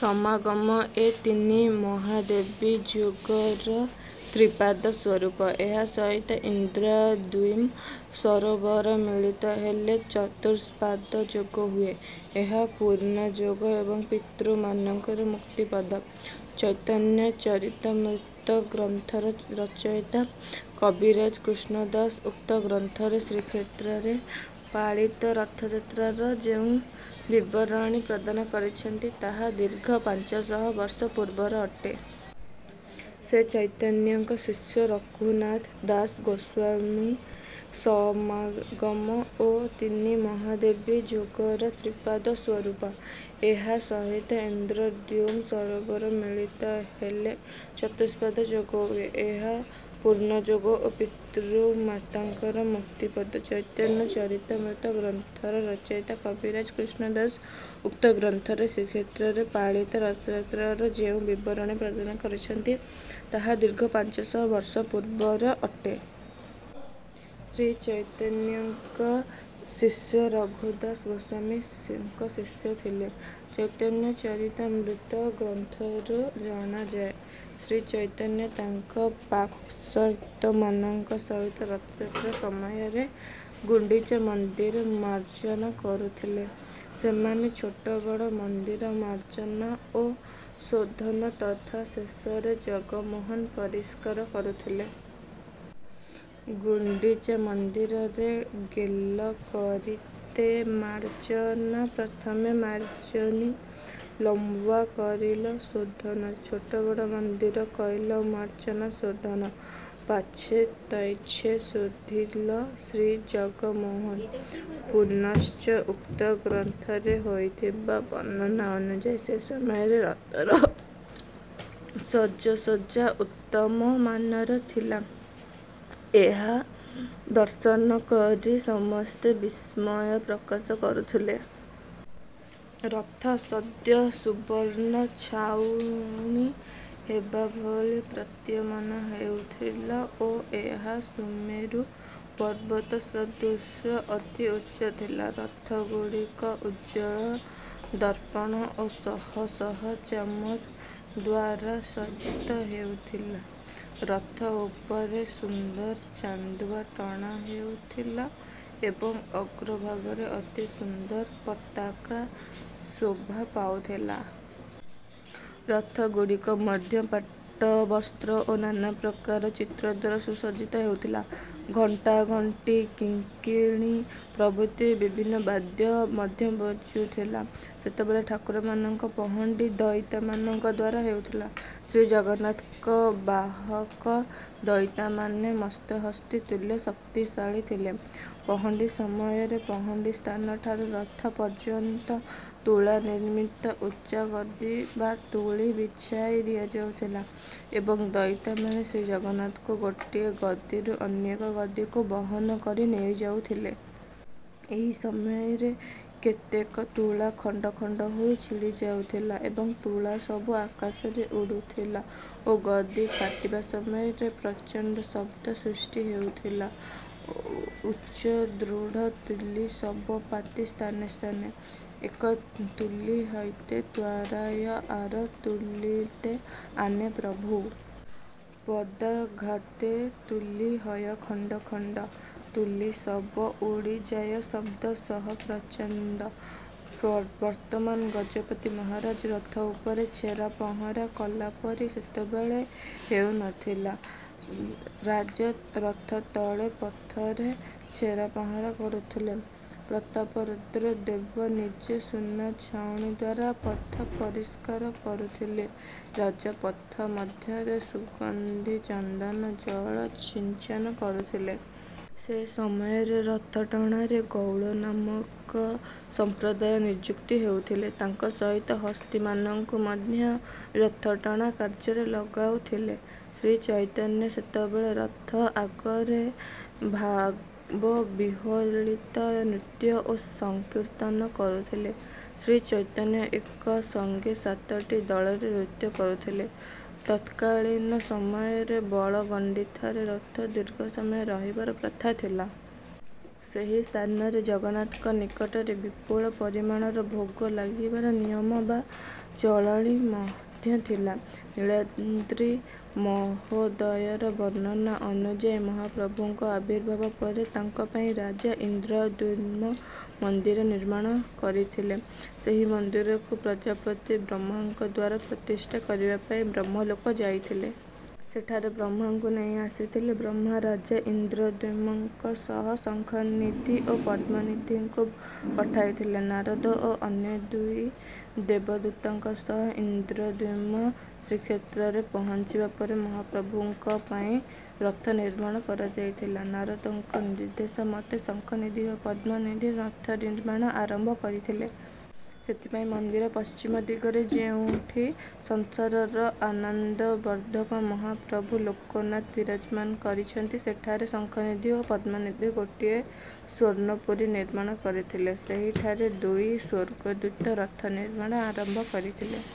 ସମାଗମ ଏ ତିନି ମହାବେଦୀ ଯୋଗର ତ୍ରିପାଦ ସ୍ୱରୂପ। ଏହା ସହିତ ଇନ୍ଦ୍ରଦ୍ୟୁମ୍ ସରୋବର ମିଳିତ ହେଲେ ଚତୁସ୍ପାଦ ଯୋଗ ହୁଏ। ଏହା ପୂର୍ଣ୍ଣଯୋଗ ଏବଂ ପିତୃମାନଙ୍କର ମୁକ୍ତିପଦ। ଚୈତନ୍ୟ ଚରିତାମୃତ ଗ୍ରନ୍ଥର ରଚୟିତା କବିରାଜ କୃଷ୍ଣଦାସ ଉକ୍ତ ଗ୍ରନ୍ଥରେ ଶ୍ରୀକ୍ଷେତ୍ରରେ ପାଳିତ ରଥଯାତ୍ରାର ଯେଉଁ ବିବରଣୀ ପ୍ରଦାନ କରିଛନ୍ତି, ତାହା ଦୀର୍ଘ ପାଞ୍ଚ ଶହ ବର୍ଷ ପୂର୍ବର ଅଟେ। ସେ ଚୈତନ୍ୟଙ୍କ ଶିଷ୍ୟ ରଘୁନାଥ ଦାସ ଗୋସ୍ୱାମୀସମାଗମ ଏ ତିନି ମହାବେଦୀ ଯୋଗର ତ୍ରିପାଦ ସ୍ୱରୂପ। ଏହା ସହିତ ଇନ୍ଦ୍ରଦ୍ୟୁମ୍ ସରୋବର ମିଳିତ ହେଲେ ଚତୁସ୍ପାଦ ଯୋଗ ହୁଏ। ଏହା ପୂର୍ଣ୍ଣଯୋଗ ଓ ପିତୃମାତାଙ୍କର ମୁକ୍ତିପଦ। ଚୈତନ୍ୟ ଚରିତାମୃତ ଗ୍ରନ୍ଥର ରଚୟିତା କବିରାଜ କୃଷ୍ଣଦାସ ଉକ୍ତ ଗ୍ରନ୍ଥରେ ଶ୍ରୀକ୍ଷେତ୍ରରେ ପାଳିତ ରଥଯାତ୍ରାର ଯେଉଁ ବିବରଣୀ ପ୍ରଦାନ କରିଛନ୍ତି, ତାହା ଦୀର୍ଘ ପାଞ୍ଚ ଶହ ବର୍ଷ ପୂର୍ବର ଅଟେ। ଶ୍ରୀ ଚୈତନ୍ୟଙ୍କ ଶିଷ୍ୟ ରଘୁ ଦାସ ଗୋସ୍ୱାମୀଙ୍କ ତାଙ୍କ ଶିଷ୍ୟ ଥିଲେ। ଚୈତନ୍ୟ ଚରିତାମୃତ ଗ୍ରନ୍ଥରୁ ଜଣାଯାଏ, ଶ୍ରୀଚୈତନ୍ୟ ତାଙ୍କ ପାର୍ଷଦମାନଙ୍କ ସହିତ ରଥଯାତ୍ରା ସମୟରେ ଗୁଣ୍ଡିଚା ମନ୍ଦିର ମାର୍ଜନା କରୁଥିଲେ। ସେମାନେ ଛୋଟ ବଡ଼ ମନ୍ଦିର ମାର୍ଜନା ଓ ଶୋଧନ ତଥା ଶେଷରେ ଜଗମୋହନ ପରିଷ୍କାର କରୁଥିଲେ। ଗୁଣ୍ଡିଚାମନ୍ଦିରରେ ଗେଲ କରିତେ ମାର୍ଜନା ପ୍ରଥମେ ମାର୍ଜନୀ ଲୱା କରିଲ ଶୋଧନ। ଛୋଟ ବଡ଼ ମନ୍ଦିର କୈଲ ମାର୍ଜନା ଶୋଧନ। ପାଛେ ତୈଛେ ଶୋଧିଲ ଶ୍ରୀଜଗମୋହନ। ପୁନଶ୍ଚ ଉକ୍ତ ଗ୍ରନ୍ଥରେ ହୋଇଥିବା ବର୍ଣ୍ଣନା ଅନୁଯାୟୀ, ସେ ସମୟରେ ରଥର ସଜସଜ୍ଜା ଉତ୍ତମମାନର ଥିଲା। ଏହା ଦର୍ଶନ କରି ସମସ୍ତେ ବିସ୍ମୟ ପ୍ରକାଶ କରୁଥିଲେ। ରଥ ସଦ୍ୟ ସୁବର୍ଣ୍ଣ ଛାଉଣୀ ହେବା ଭଳି ପ୍ରତୀୟମାନ ହେଉଥିଲା ଓ ଏହା ସୁମେରୁ ପର୍ବତ ସଦୃଶ ଅତି ଉଚ୍ଚ ଥିଲା। ରଥଗୁଡ଼ିକ ଉଜ୍ଜ୍ୱଳ ଦର୍ପଣ ଓ ଶହ ଶହ ଚାମର ଦ୍ୱାରା ସଜ୍ଜିତ ହେଉଥିଲା। ରଥ ଉପରେ ସୁନ୍ଦର ଚାନ୍ଦୁଆ ଟଣା ହେଉଥିଲା ଏବଂ ଅଗ୍ରଭାଗରେ ଅତି ସୁନ୍ଦର ପତାକା ଶୋଭା ପାଉଥିଲା। ରଥଗୁଡ଼ିକ ମଧ୍ୟ ପାଟବସ୍ତ୍ର ଏବଂ ନାନା ପ୍ରକାର ଚିତ୍ର ଦ୍ୱାରା ସୁସଜ୍ଜିତ ହେଉଥିଲା। ଘଣ୍ଟା, ଘଣ୍ଟି, କିଙ୍କିଣୀ ପ୍ରଭୃତି ବିବିଧ ବାଦ୍ୟ ମଧ୍ୟ ବାଜୁଥିଲା। ସେତେବେଳେ ଠାକୁରମାନଙ୍କ ପହଣ୍ଡି ଦଇତାମାନଙ୍କ ଦ୍ୱାରା ହେଉଥିଲା। ଶ୍ରୀଜଗନ୍ନାଥଙ୍କ ବାହକ ଦଇତାମାନେ ମତ୍ତହସ୍ତୀ ତୁଲ୍ୟ ଶକ୍ତିଶାଳୀ ଥିଲେ। ପହଣ୍ଡି ସମୟରେ ପହଣ୍ଡି ସ୍ଥାନଠାରୁ ରଥ ପର୍ଯ୍ୟନ୍ତ ତୁଳା ନିର୍ମିତ ଉଚ୍ଚ ଗଦି ବା ତୁଳୀ ବିଛାଇ ଦିଆଯାଉଥିଲା ଏବଂ ଦଇତାମାନେ ଶ୍ରୀଜଗନ୍ନାଥଙ୍କୁ ଗୋଟିଏ ଗଦିରୁ ଅନ୍ୟ ଏକ ଗଦିକୁ ବହନ କରି ନେଇଯାଉଥିଲେ। ଏହି ସମୟରେ କେତେକ ତୁଳା ଖଣ୍ଡ ଖଣ୍ଡ ହୋଇ ଛିଡ଼ି ଯାଉଥିଲା ଏବଂ ତୁଳା ସବୁ ଆକାଶରେ ଉଡ଼ୁଥିଲା ଓ ଗଦି ଫାଟିବା ସମୟରେ ପ୍ରଚଣ୍ଡ ଶବ୍ଦ ସୃଷ୍ଟି ହେଉଥିଲା। ଉଚ୍ଚ ଦୃଢ଼ ତୁଲୀ ସବ ପାତି ସ୍ଥାନେସ୍ଥାନେ। ଏକ ତୁଲୀ ହୈତେ ତ୍ୱରାୟ ଆର ତୁଲୀତେ ଆନେ। ପ୍ରଭୁ ପଦାଘାତେ ତୁଲୀ ହୟ ଖଣ୍ଡ ଖଣ୍ଡ। ତୁଲୀ ସବ ଉଡ଼ି ଯାୟ ଶବ୍ଦ ସହ ପ୍ରଚଣ୍ଡ। ବର୍ତ୍ତମାନ ଗଜପତି ମହାରାଜ ରଥ ଉପରେ ଛେରାପହଁରା କଲା ପରି ସେତେବେଳେ ହେଉନଥିଲା। ରାଜ ରଥ ତଳେ ପଥରେ ଛେରାପହଁରା କରୁଥିଲେ। ପ୍ରତାପରୁଦ୍ର ଦେବ ନିଜେ ସୁନା ଛାଉଣୀ ଦ୍ୱାରା ପଥ ପରିଷ୍କାର କରୁଥିଲେ, ରାଜା ପଥ ମଧ୍ୟରେ ସୁଗନ୍ଧି ଚନ୍ଦନ ଜଳ ଛିଞ୍ଚନ କରୁଥିଲେ। ସେ ସମୟରେ ରଥଟଣାରେ ଗୌଡ଼ ନାମକ ସମ୍ପ୍ରଦାୟ ନିଯୁକ୍ତ ହେଉଥିଲେ। ତାଙ୍କ ସହିତ ହସ୍ତୀମାନଙ୍କୁ ମଧ୍ୟ ରଥଟଣା କାର୍ଯ୍ୟରେ ଲଗାଯାଉଥିଲେ ଶ୍ରୀଚୈତନ୍ୟ ସେତେବେଳେ ରଥ ଆଗରେ ଭାବବିହ୍ୱଳିତ ନୃତ୍ୟ ଓ ସଂକୀର୍ତ୍ତନ କରୁଥିଲେ। ଶ୍ରୀଚୈତନ୍ୟ ଏକସଙ୍ଗେ ସାତଟି ଦଳରେ ନୃତ୍ୟ କରୁଥିଲେ। ତତ୍କାଳୀନ ସମୟରେ ବଳଗଣ୍ଡିଠାରେ ରଥ ଦୀର୍ଘ ସମୟ ରହିବାର ପ୍ରଥା ଥିଲା। ସେହି ସ୍ଥାନରେ ଜଗନ୍ନାଥଙ୍କ ନିକଟରେ ବିପୁଳ ପରିମାଣର ଭୋଗ ଲାଗିବାର ନିୟମ ବା ଚଳଣି ମଧ୍ୟ ଥିଲା। ନୀଳାଦ୍ରି ମହୋଦୟର ବର୍ଣ୍ଣନା ଅନୁଯାୟୀ ମହାପ୍ରଭୁଙ୍କ ଆବିର୍ଭାବ ପରେ ତାଙ୍କ ପାଇଁ ରାଜା ଇନ୍ଦ୍ରଦ୍ୟୁମ୍ନ ମନ୍ଦିର ନିର୍ମାଣ କରିଥିଲେ। ସେହି ମନ୍ଦିରକୁ ପ୍ରଜାପିତୀ ବ୍ରହ୍ମାଙ୍କ ଦ୍ୱାରା ପ୍ରତିଷ୍ଠା କରିବା ପାଇଁ ବ୍ରହ୍ମଲୋକ ଯାଇଥିଲେ। ସେଠାରୁ ବ୍ରହ୍ମାଙ୍କୁ ନେଇ ଆସିଥିଲେ। ବ୍ରହ୍ମା ରାଜା ଇନ୍ଦ୍ରଦ୍ୟୁମ୍ନଙ୍କ ସହ ଶଙ୍ଖନିଧି ଓ ପଦ୍ମନିଧିଙ୍କୁ ପଠାଇଥିଲେ। ନାରଦ ଓ ଅନ୍ୟ ଦୁଇ ଦେବଦୂତଙ୍କ ସହ ଇନ୍ଦ୍ରଦ୍ୟୁମ୍ନ ଶ୍ରୀକ୍ଷେତ୍ରରେ ପହଞ୍ଚିବା ପରେ ମହାପ୍ରଭୁଙ୍କ ପାଇଁ ରଥ ନିର୍ମାଣ କରାଯାଇଥିଲା। ନାରଦଙ୍କ ନିର୍ଦ୍ଦେଶ ମତେ ଶଙ୍ଖନିଧି ଓ ପଦ୍ମନିଧି ରଥ ନିର୍ମାଣ ଆରମ୍ଭ କରିଥିଲେ। ସେଥିପାଇଁ ମନ୍ଦିର ପଶ୍ଚିମ ଦିଗରେ, ଯେଉଁଠି ସଂସାରର ଆନନ୍ଦବର୍ଦ୍ଧକ ମହାପ୍ରଭୁ ଲୋକନାଥ ବିରାଜମାନ କରିଛନ୍ତି, ସେଠାରେ ଶଙ୍ଖନିଧି ଓ ପଦ୍ମନିଧି ଗୋଟିଏ ସ୍ୱର୍ଣ୍ଣପୁରୀ ନିର୍ମାଣ କରିଥିଲେ। ସେହିଠାରେ ଦୁଇ ସ୍ୱର୍ଗଦୂତ ରଥ ନିର୍ମାଣ ଆରମ୍ଭ କରିଥିଲେ।